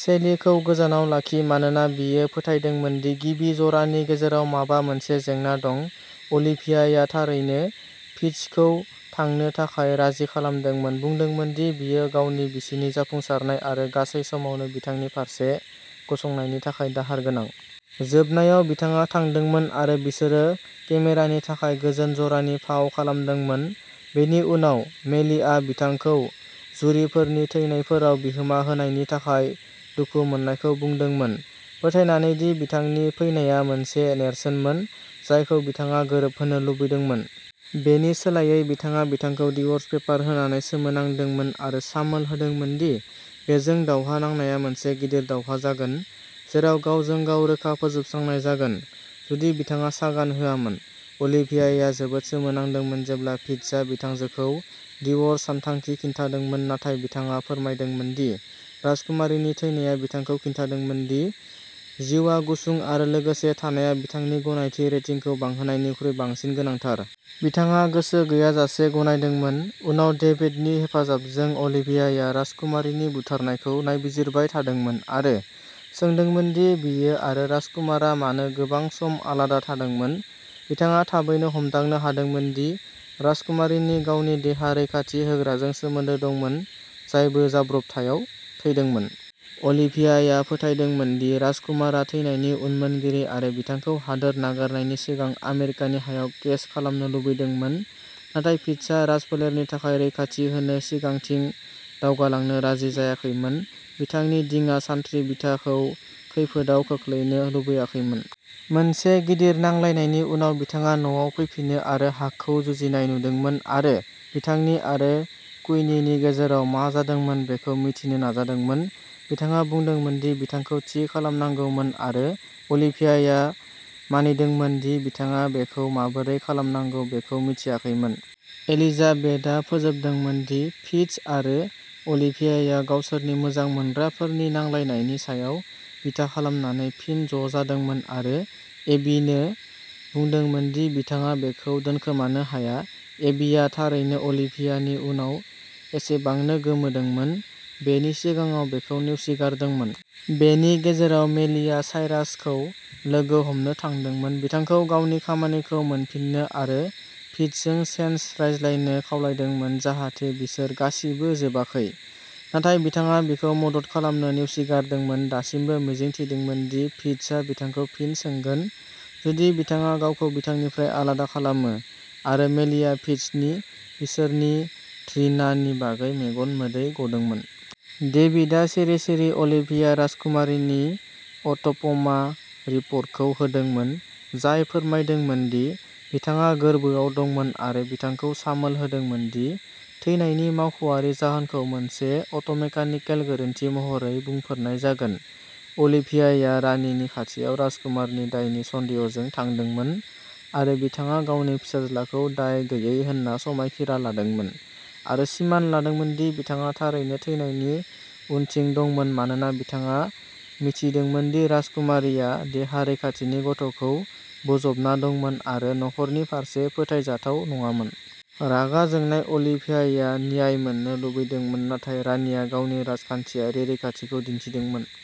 सेलिखौ गोजानाव लाखि मानोना बियो फोथायदोंमोन दि गिबि जरानि गेजेराव माबा मोनसे जेंना दं। अलिभियाया थारैनो फिट्जखौ थांनो थाखाय राजि खालामदोंमोन बुंदोंमोन दि बियो गावनि बिसिनि जाफुंसारनाय आरो गासै समावनो बिथांनि फारसे गसंनायनि थाखाय "दाहार गोनां"। जोबनायाव बिथाङा थांदोंमोन आरो बिसोरो केमेरानि थाखाय गोजोन जरानि फाव खालामदोंमोन। बेनि उनाव मेलिआ बिथांखौ जुरीफोरनि थैनायफोराव बिहोमा होनायनि थाखाय दुखु मोन्नायखौ बुंदोंमोन फोथायनानै दि बिथांनि फैनाया मोनसे नेरसोनमोन जायखौ बिथाङा गोरोबहोनो लुबैदोंमोन। बेनि सोलायै बिथाङा बिथांखौ डिव'र्स पेपार होनानै सोमोनांदोंमोन आरो सामोल होदोंमोन दि बेजों दावहा नांनाया मोनसे गिदिर दावहा जागोन जेराव "गावजों-गाव रोखा फोजोबस्रांनाय" जागोन जुदि बिथाङा सागान होआमोन। अलिभियाया जोबोद सोमोनांदोंमोन जेब्ला फिट्जआ बिथांजोखौ डिव'र्सनि सानथांखि खिन्थादोंमोन नाथाय बिथाङा फोरमायदोंमोन दि राजकुमारीनि थैनाया बिथांखौ दिन्थिदोंमोन दि जिउआ गुसुं आरो लोगोसे थानाया बिथांनि गनायथि रेटिंखौ बांहोनायनिख्रुइ बांसिन गोनांथार। बिथाङा गोसो गैयाजासे गनायदोंमोन। उनाव डेभिडनि हेफाजाबजों अलिभियाया राजकुमारीनि बुथारनायखौ नायबिजिरबाय थादोंमोन आरो सोंदोंमोन दि बियो आरो राजकुमारआ मानो गोबां सम आलादा थादोंमोन। बिथाङा थाबैनो हमदांनो हादोंमोन दि राजकुमारीनि गावनि देहा रैखाथि होग्राजों सोमोन्दो दंमोन जायबो जाब्रबथायाव थैदोंमोन। अलिभियाया फोथायदोंमोन दि राजकुमारआ थैनायनि उनमोनगिरि आरो बिथांखौ हादोर नागारनायनि सिगां आमेरिकानि हायाव केस खालामनो लुबैदोंमोन नाथाय फिट्जआ राजफोलेरनि थाखाय रैखाथि होनो सिगांथिं दावगालांनो राजि जायाखैमोन बिथांनि दिङा सान्थ्रि बिथाखौ खैफोदआव खोख्लैनो लुबैयाखैमोन। मोनसे गिदिर नांलायनायनि उनाव बिथाङा न'आव फैफिनो आरो हाकखौ जुजिनाय नुदोंमोनआरो बिथांनि आरो क्विननि गेजेराव मा जादोंमोन बेखौ मिथिनो नाजादोंमोन। बिथाङा बुंदोंमोन दि बिथांखौ "थि" खालामनांगौमोन आरो अलिभियाया मानिदोंमोन दि बिथाङा बेखौ माबोरै खालामनांगौ बेखौ मिथियाखैमोन। एलिजाबेथआ फोजोबदोंमोन दि फिट्ज आरो अलिभियाया गावसोरनि "मोजां मोनग्राफोरनि नांलायनाय" नि सायाव बिथा खालामनानै फिन ज'जादोंमोन आरो एबीनो बुंदोंमोन दि बिथाङा बेखौ दोनखोमानो हाया। एबीआ थारैनो अलिभियानि उनाव एसेबांनो गोमोदोंमोन। बेनि सिगाङाव बेखौ नेवसिगारदोंमोन। बेनि गेजेराव मेलिआ साइरासखौ लोगो हमनो थांदोंमोन बिथांखौ गावनि खामानिखौ मोनफिन्नो आरो फिट्जजों "सेन्स" रायज्लायनो खावलायदोंमोन जाहाथे बिसोर "गासिबो जोबाखै"। नाथाय बिथाङा बिखौ मदद खालामनो नेवसिगारदोंमोन दासिमबो मिजिं थिदोंमोन दि फिट्जआ बिथांखौ फिन सोंगोन जुदि बिथाङा गावखौ बिथांनिफ्राय आलादा खालामो आरो मेलिआ फिट्जनि बिसोरनि "घृणा" नि बागै मेगन मोदै गदोंमोन। डेभिडआ सिरि सिरि अलिभिया राजकुमारीनि अट'प'मा रिपर्टखौ होदोंमोन जाय फोरमायदोंमोन दि बिथाङा गोर्बोआव दंमोन आरो बिथांखौ सामोल होदोंमोन दि थैनायनि मावख'आरि जाहोनखौ मोनसे अट'मेकानिकेल गोरोन्थि महरै बुंफोरनाय जागोन। अलिभियाया रानीनि खाथियाव राजकुमारनि दायनि सन्देहजों थांदोंमोन आरो बिथाङा गावनि फिसाज्लाखौ दाय गैयै होन्ना समायखिरा लादोंमोन आरो सिमान लादोंमोन दि बिथाङा थारैनो थैनायनि उनथिं दंमोन मानोना बिथाङा मिथिदोंमोन दि राजकुमारीया देहा रैखाथिनि गथ'खौ बोजबना दंमोन आरो न'खरनि फारसे फोथायजाथाव नङामोन। रागा जोंनाय अलिभियाया "न्याय" मोन्नो लुबैदोंमोन नाथाय रानीया गावनि राजखानथियारि रैखाथिखौ दिन्थिदोंमोन।